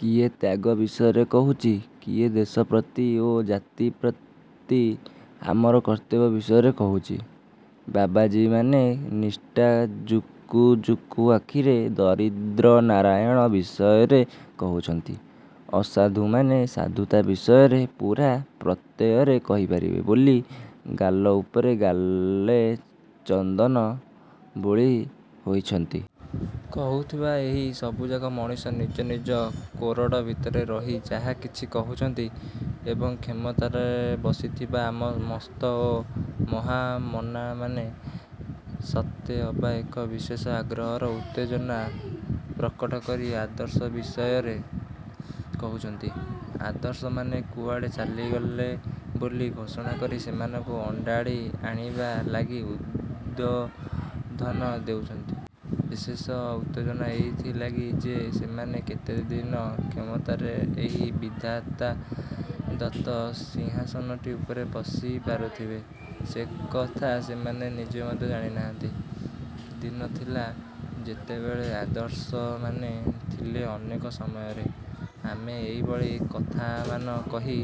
କିଏ ତ୍ୟାଗ ବିଷୟରେ କହୁଛି, କିଏ ଦେଶ ପ୍ରତି ଓ ଜାତି ପ୍ରତି ଆମର କର୍ତ୍ତବ୍ୟ ବିଷୟରେ କହୁଛି। ବାବାଜୀମାନେ ନିଷ୍ଠା ଜୁକୁଜୁକୁ ଆଖିରେ ଦରିଦ୍ରନାରାୟଣ ବିଷୟରେ କହୁଛନ୍ତି। ଅସାଧୁମାନେ ସାଧୁତା ବିଷୟରେ ପୂରା ପ୍ରତ୍ୟୟରେ କହିପାରିବେ ବୋଲି ଗାଲ ଉପରେ ଗାଲେ ଚନ୍ଦନ ବୋଳି ହୋଇଛନ୍ତି। କହୁଥିବା ଏହି ସବୁଯାକ ମଣିଷ ନିଜ ନିଜ କୋରଡ଼ ଭିତରେ ରହି ଯାହା କିଛି କହୁଛନ୍ତି। ଏବଂ କ୍ଷମତାରେ ବସିଥିବା ଆମ ମସ୍ତ ଓ ମହାମନାମାନେ ସତେ ଅବା ଏକ ବିଶେଷ ଆଗ୍ରହର ଉତ୍ତେଜନା ପ୍ରକଟ କରି ଆଦର୍ଶ ବିଷୟରେ କହୁଛନ୍ତି। ଆଦର୍ଶମାନେ କୁଆଡ଼େ ଚାଲିଗଲେ ବୋଲି ଘୋଷଣା କରି ସେମାନଙ୍କୁ ଅଣ୍ଡାଳି ଆଣିବା ଲାଗି ଉଦ୍ବୋଧନ ଦେଉଛନ୍ତି। ବିଶେଷ ଉତ୍ତେଜନା ଏଇଥିଲାଗି ଯେ ସେମାନେ କେତେଦିନ କ୍ଷମତାରେ ଏହି ବିଧାତାଦତ୍ତ ସିଂହାସନଟି ଉପରେ ବସି ପାରୁଥିବେ, ସେକଥା ସେମାନେ ନିଜେ ମଧ୍ୟ ଜାଣିନାହାନ୍ତି। ଦିନ ଥିଲା, ଯେତେବେଳେ ଆଦର୍ଶମାନେ ଥିଲେ ଅନେକ ସମୟରେ ଆମେ ଏହିଭଳି କଥାମାନ କହି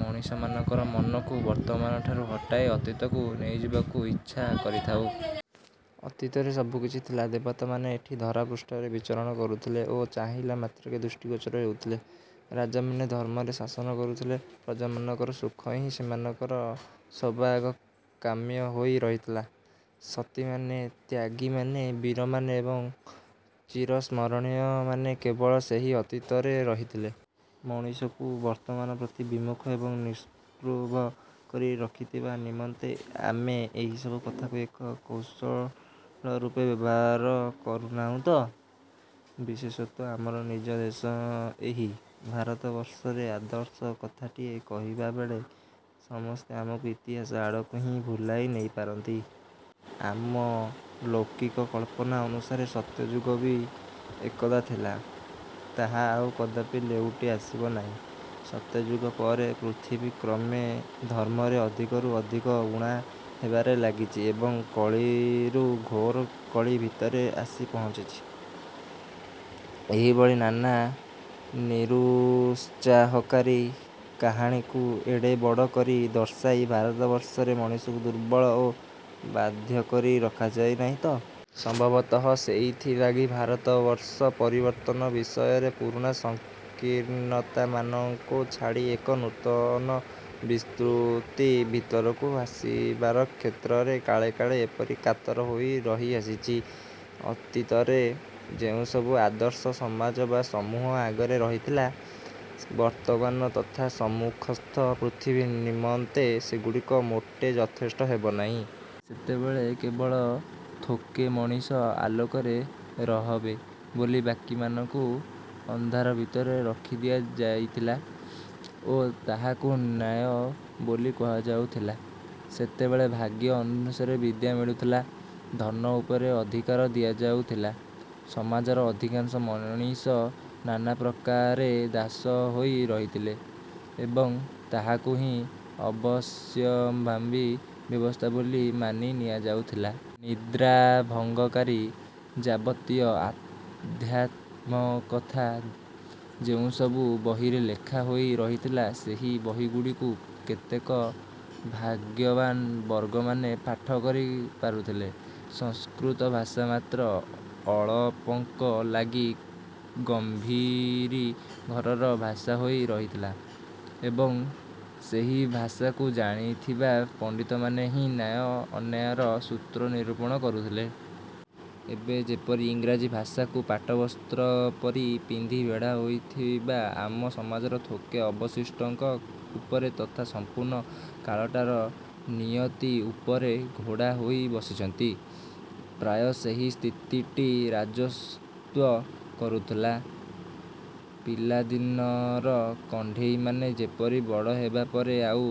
ମଣିଷମାନଙ୍କର ମନକୁ ବର୍ତ୍ତମାନଠାରୁ ହଟାଇ ଅତୀତକୁ ନେଇଯିବାକୁ ଇଚ୍ଛା କରିଥାଉ। ଅତୀତରେ ସବୁକିଛି ଥିଲା ଦେବତାମାନେ ଏଠି ଧରାପୃଷ୍ଠରେ ବିଚରଣ କରୁଥିଲେ ଓ ଚାହିଁଲା ମାତ୍ରକେ ଦୃଷ୍ଟିଗୋଚର ହେଉଥିଲେ। ରାଜାମାନେ ଧର୍ମରେ ଶାସନ କରୁଥିଲେ, ପ୍ରଜାମାନଙ୍କର ସୁଖ ହିଁ ସେମାନଙ୍କର ସବାଆଗ କାମ୍ୟ ହୋଇ ରହିଥିଲା। ସତୀମାନେ, ତ୍ୟାଗୀମାନେ, ବୀରମାନେ ଏବଂ ଚିରସ୍ମରଣୀୟମାନେ କେବଳ ସେହି ଅତୀତରେ ରହିଥିଲେ। ମଣିଷକୁ ବର୍ତ୍ତମାନ ପ୍ରତି ବିମୁଖ ଏବଂ ନିସ୍ପୃ୍ଭକରି ରଖିଥିବା ନିମନ୍ତେ ଆମେ ଏହିସବୁ କଥାକୁ ଏକ କୌଶଳ ରୂପେ ବ୍ୟବହାର କରୁନାହୁଁ ତ? ବିଶେଷତଃ ଆମର ନିଜ ଦେଶ ଏହି ଭାରତବର୍ଷରେ ଆଦର୍ଶ କଥାଟିଏ କହିବାବେଳେ ସମସ୍ତେ ଆମକୁ ଇତିହାସ ଆଡ଼କୁ ହିଁ ଭୁଲାଇ ନେଇପାରନ୍ତି। ଆମ ଲୌକିକ କଳ୍ପନା ଅନୁସାରେ ସତ୍ୟଯୁଗ ବି ଏକଦା ଥିଲା, ତାହା ଆଉ କଦାପି ଲେଉଟି ଆସିବ ନାହିଁ। ସତ୍ୟଯୁଗ ପରେ ପୃଥିବୀ କ୍ରମେ ଧର୍ମରେ ଅଧିକରୁ ଅଧିକ ଊଣା ହେବାରେ ଲାଗିଛି ଏବଂ କଳିରୁ ଘୋର କଳି ଭିତରେ ଆସି ପହଞ୍ଚିଛି। ଏହିଭଳି ନାନା ନିରୁତ୍ସାହକାରୀ କାହାଣୀକୁ ଏଡ଼େ ବଡ଼ କରି ଦର୍ଶାଇ ଭାରତବର୍ଷରେ ମଣିଷକୁ ଦୁର୍ବଳ ଓ ବାଧ୍ୟ କରି ରଖାଯାଇ ନାହିଁ ତ? ସମ୍ଭବତଃ ସେଇଥିଲାଗି ଭାରତବର୍ଷ ପରିବର୍ତ୍ତନ ବିଷୟରେ ପୁରୁଣା ସଂକୀର୍ଣ୍ଣତାମାନଙ୍କୁ ଛାଡ଼ି ଏକ ନୂତନ ବିସ୍ତୃତି ଭିତରକୁ ଆସିବାର କ୍ଷେତ୍ରରେ କାଳେ କାଳେ ଏପରି କାତର ହୋଇ ରହି ଆସିଛି। ଅତୀତରେ ଯେଉଁସବୁ ଆଦର୍ଶ ସମାଜ ବା ସମୂହ ଆଗରେ ରହିଥିଲା ବର୍ତ୍ତମାନ ତଥା ସମ୍ମୁଖସ୍ଥ ପୃଥିବୀ ନିମନ୍ତେ ସେଗୁଡ଼ିକ ମୋଟେ ଯଥେଷ୍ଟ ହେବନାଇଁ। ସେତେବେଳେ କେବଳ ଥୋକେ ମଣିଷ ଆଲୋକରେ ରହବେ ବୋଲି ବାକିମାନଙ୍କୁ ଅନ୍ଧାର ଭିତରେ ରଖିଦିଆ ଯାଇଥିଲା ଓ ତାହାକୁ ନ୍ୟାୟ ବୋଲି କୁହାଯାଉଥିଲା। ସେତେବେଳେ ଭାଗ୍ୟ ଅନୁସାରେ ବିଦ୍ୟା ମିଳୁଥିଲା, ଧନ ଉପରେ ଅଧିକାର ଦିଆଯାଉଥିଲା। ସମାଜର ଅଧିକାଂଶ ମଣିଷ ନାନାପ୍ରକାରେ ଦାସ ହୋଇ ରହିଥିଲେ ଏବଂ ତାହାକୁ ହିଁ ଅବଶ୍ୟମ୍ଭାବୀ ବ୍ୟବସ୍ଥା ବୋଲି ମାନି ନିଆଯାଉଥିଲା। ନିଦ୍ରାଭଙ୍ଗକାରୀ ଯାବତୀୟ ଆଧ୍ୟାତ୍ମକଥା ଯେଉଁସବୁ ବହିରେ ଲେଖା ହୋଇ ରହିଥିଲା ସେହି ବହିଗୁଡ଼ିକୁ କେତେକ ଭାଗ୍ୟବାନ ବର୍ଗମାନେ ପାଠକରି ପାରୁଥିଲେ। ସଂସ୍କୃତ ଭାଷା ମାତ୍ର ଅଳପଙ୍କ ଲାଗି ଗମ୍ଭୀରି ଘରର ଭାଷା ହୋଇ ରହିଥିଲା ଏବଂ ସେହି ଭାଷାକୁ ଜାଣିଥିବା ପଣ୍ଡିତମାନେ ହିଁ ନ୍ୟାୟ ଅନ୍ୟାୟର ସୂତ୍ର ନିରୂପଣ କରୁଥିଲେ। ଏବେ ଯେପରି ଇଂରାଜୀ ଭାଷାକୁ ପାଟବସ୍ତ୍ର ପରି ପିନ୍ଧି ବେଢ଼ା ହୋଇଥିବା ଆମ ସମାଜର ଥୋକେ ଅବଶିଷ୍ଟଙ୍କ ଉପରେ ତଥା ସମ୍ପୂର୍ଣ୍ଣ କାଳଟାର ନିୟତି ଉପରେ ଘୋଡ଼ା ହୋଇ ବସିଛନ୍ତି, ପ୍ରାୟ ସେହି ସ୍ଥିତିଟି ରାଜତ୍ୱ କରୁଥିଲା। ପିଲାଦିନର କଣ୍ଢେଇମାନେ ଯେପରି ବଡ଼ ହେବାପରେ ଆଉ